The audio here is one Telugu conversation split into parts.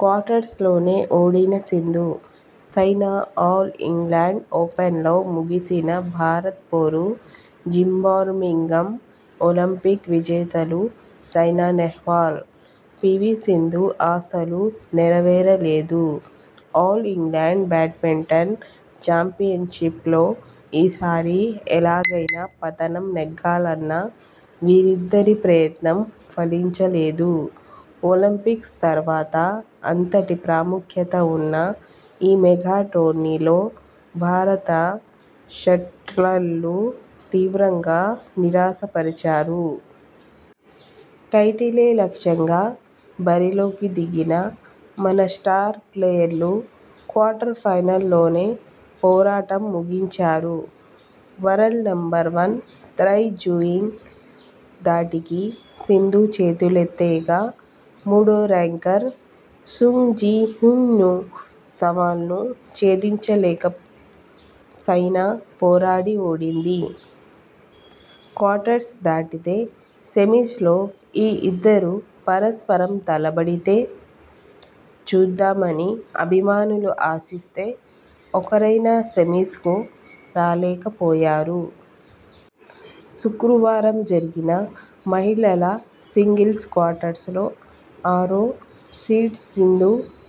క్వార్టర్స్లోనే ఓడిన సింధు, సైనా ఆల్ ఇంగ్లండ్ ఓపెన్లో ముగిసిన భారత పోరు జీబర్మింగ్హామ్ ఒలింపిక్ విజేతలు సైనా నెహ్వాల్, పీవీ సింధు ఆశలు నెరవేరలేదు. ఆల్ ఇంగ్లండ్ బ్యాడ్మింటన్ ఛాంపియన్షిప్ లో ఈ సారి ఎలాగైనా పతకం నెగ్గాలన్న వీరిద్దరి ప్రయత్నం ఫలించలేదు. ఒలింపిక్స్ తర్వాత అంతటి ప్రాముఖ్యత ఉన్న ఈ మెగా టోర్నీలో భారత షట్లర్లు తీవ్రంగా నిరాశ పరిచారు. టైటిలే లక్ష్యంగా బరిలోకి దిగిన మన స్టార్ ప్లేయర్లు క్వార్టర్ ఫైనల్ ల్లోనే పోరాటం ముగించారు. World number one Tai Tzu-ying ధాటికి సింధు చేతులెత్తేయగా మూడో ర్యాంకర్ సుంగ్ జి హ్యున్ను సవాల్ను ఛేదించలేక సైనా పోరాడి ఓడింది. క్వార్టర్స్ దాటితే సెమిస్ లో ఈ ఇద్దరు పరస్పరం తలపడితే చూద్దామని అభిమానులు ఆశిస్తే ఒక్కరైనా సెమిస్ కు రాలేకపోయారు. శుక్రవారం జరిగిన మహిళల సింగిల్స్ క్వార్టర్స్ లో ఆరో సీడ్ సింధు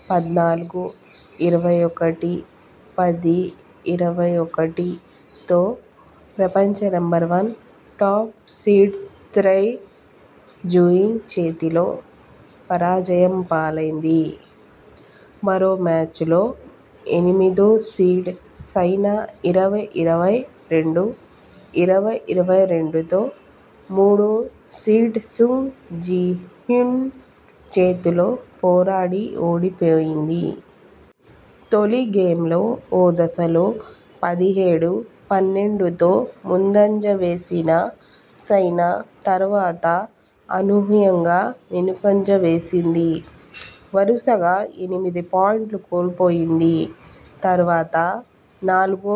పద్నాలుగు-ఇరవై ఒకటి, పది-ఇరవై ఒకటితో ప్రపంచ number one, top seed Tai Tzuying చేతిలో పరాజయం పాలైంది మరో మ్యాచ్లో ఎనిమిదో సీడ్ సైనా ఇరవై-ఇరవై రెండు, ఇరవై-ఇరవై రెండుతో మూడో సీడ్ సుంగ్ జి హ్యున్ చేతిలో పోరాడి ఓడిపోయింది. తొలి గేమ్లో ఓ దశలో పదిహేడు-పన్నెండుతో ముందంజ వేసిన సైనా తర్వాత అనూహ్యంగా వెనుకంజ వేసింది. వరుసగా ఎనిమిది పాయుంట్లు కోల్పోయింది. తర్వాత నాలుగు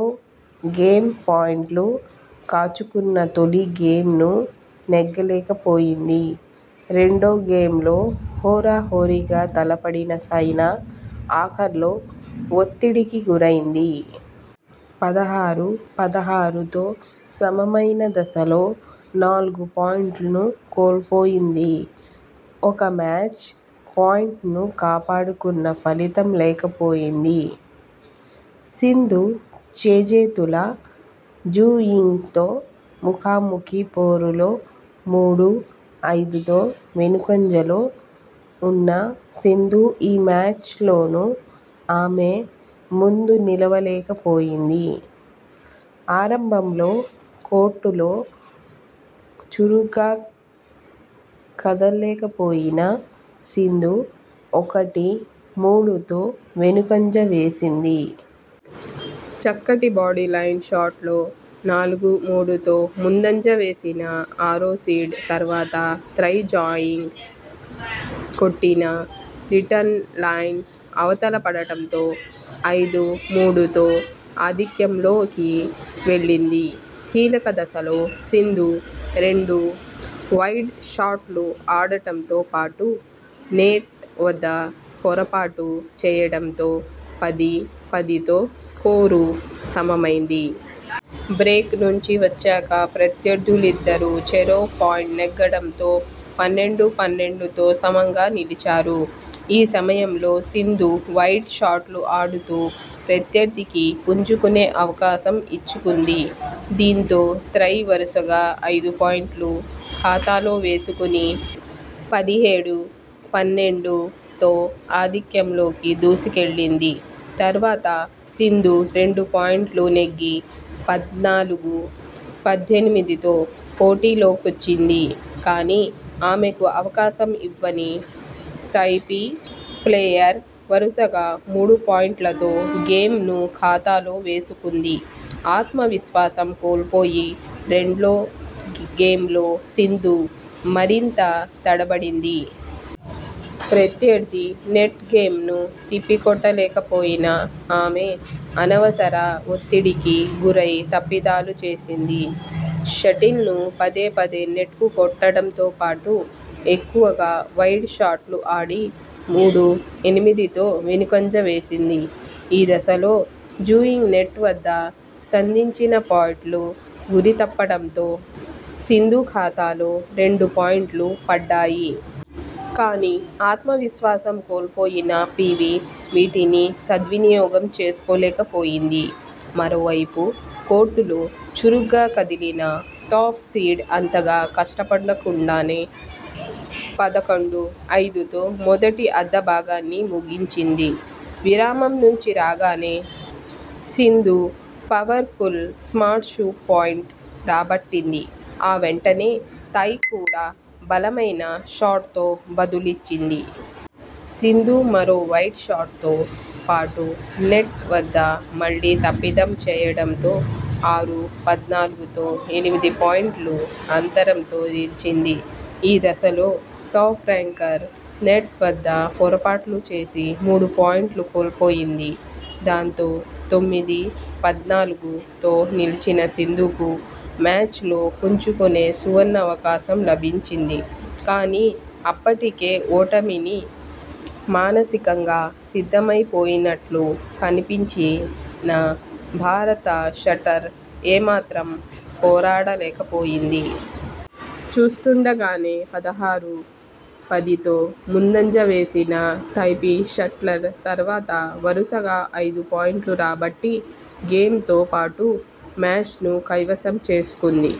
గేమ్ పాయింట్లు కాచుకున్నా తొలి గేమ్ ను నెగ్గలేకపోయింది. రెండో గేమ్లో హోరాహోరీగా తలపడిన సైనా ఆఖర్లో ఒత్తిడికి గురైంది. పదహారు-పదహారుతో సమమైన దశలో నాలుగు పాయింట్లు కోల్పోయింది. ఒక మ్యాచ్ పాయింట్ను కాపాడుకున్నా ఫలితం లేకపోయింది. సింధు చేజేతులా జు యింగ్తో ముఖాముఖీ పోరుల్లో మూడు-ఐదుతో వెనుకంజలో ఉన్న సింధు ఈ మ్యాచ్లోనూ ఆమె ముందు నిలువలేకపోయింది. ఆరంభంలో కోర్టులో చురుగ్గా కదల్లేకపోయిన సింధు ఒకటి-మూడుతో వెనుకంజ వేసింది. చక్కటి బాడీలైన్ షాట్తో నాలుగు-మూడుతో ముందంజ వేసిన ఆరోసీడ్ తర్వాత తై జయింగ్ కొట్టిన రిటర్న్ లైన్ అవతల పడడంతో ఐదు-మూడుతో ఆధిక్యంలోకి వెళ్లింది. కీలక దశలో సింధు రెండు వైడ్ షాట్లు ఆడడంతో పాటు నెట్ వద్ద పొరపాటు చేయడంతో పది-పదితో స్కోరు సమమైంది. బ్రేక్ నుంచి వచ్చాక ప్రత్యర్థులిద్దరూ చెరో పాయింట్ నెగ్గడంతో పన్నెండు-పన్నెండుతో సమంగా నిలిచారు. ఈ సమయంలో సింధు వైడ్ షాట్లు ఆడుతూ ప్రత్యర్థికి పుంజుకునే అవకాశం ఇచ్చుకుంది. దీంతో తై వరుసగా ఐదు పాయింట్లు ఖాతాలో వేసుకొని పదిహేడు-పన్నెండుతో ఆధిక్యంలోకి దూసుకెళ్లింది. తర్వాత సింధు రెండు పాయింట్లు నెగ్గి పద్నాలుగు-పద్దెనిమిదితో పోటీలోకొచ్చింది కానీ, ఆమెకు అవకాశం ఇవ్వని తైపీ ప్లేయర్ వరుసగా మూడు పాయింట్లతో గేమ్ ను ఖాతాలో వేసుకుంది ఆత్మవిశ్వాసం కోల్పోయి రెండో గేమ్లో సింధు మరింత తడబడింది. ప్రత్యర్థి నెట్ గేమ్ ను తిప్పికొట్టలేకపోయిన ఆమె అనవసర ఒత్తిడికి గురై తప్పిదాలు చేసింది. షటిల్ను పదే పదే నెట్కు కొట్టడంతో పాటు ఎక్కువగా వైడ్ షాట్లు ఆడి మూడు-ఎనిమిదితో వెనుకంజ వేసింది ఈ దశలో జు యింగ్ నెట్ వద్ద సంధించిన షాట్లు గురి తప్పడంతో సింధు ఖాతాలో రెండు పాయింట్లు పడ్డాయి. కానీ, ఆత్మవిశ్వాసం కోల్పోయిన పీవీ వీటిని సద్వినియోగం చేసుకోలేకపోయింది. మరోవైపు కోర్టులో చురుగ్గా కదిలిన టాప్ సీడ్ అంతగా కష్టపడకుండానే పదకొండు-ఐదుతో మొదటి అర్ధ భాగాన్ని ముగించింది విరామం నుంచి రాగానే సింధు పవర్ఫుల్ స్మాష్తో పాయింట్ రాబట్టింది. ఆ వెంటనే తై కూడా బలమైన షాట్తో బదులిచ్చింది. సింధు మరో వైడ్ షాట్తో పాటు నెట్ వద్ద మళ్లీ తప్పిదం చేయడంతో ఆరు-పద్నాలుగుతో ఎనిమిది పాయుంట్ల అంతరంతో నిలిచింది ఈ దశలో టాప్ ర్యాంకర్ నెట్ వద్ద పొరపాట్లు చేసి మూడు పాయింట్లు కోల్పోయింది దాంతో తొమ్మిది-పద్నాలుగుతో నిలిచిన సింధుకు మ్యాచ్లో పుంజుకునే సువర్ణావకాశం లభించింది కానీ, అప్పటికే ఓటమికి మానసికంగా సిద్ధమైపోయినట్టు కనిపించిన భారత షట్లర్ ఏ మాత్రం పోరాడలేకపోయింది. చూస్తుండగానే పదహారు-పదితో ముందంజ వేసిన తైపీ షట్లర్ తర్వాత వరుసగా ఐదు పాయింట్లు రాబట్టి గేమ్ తో పాటు మ్యాచ్నూ కైవసం చేసుకుంది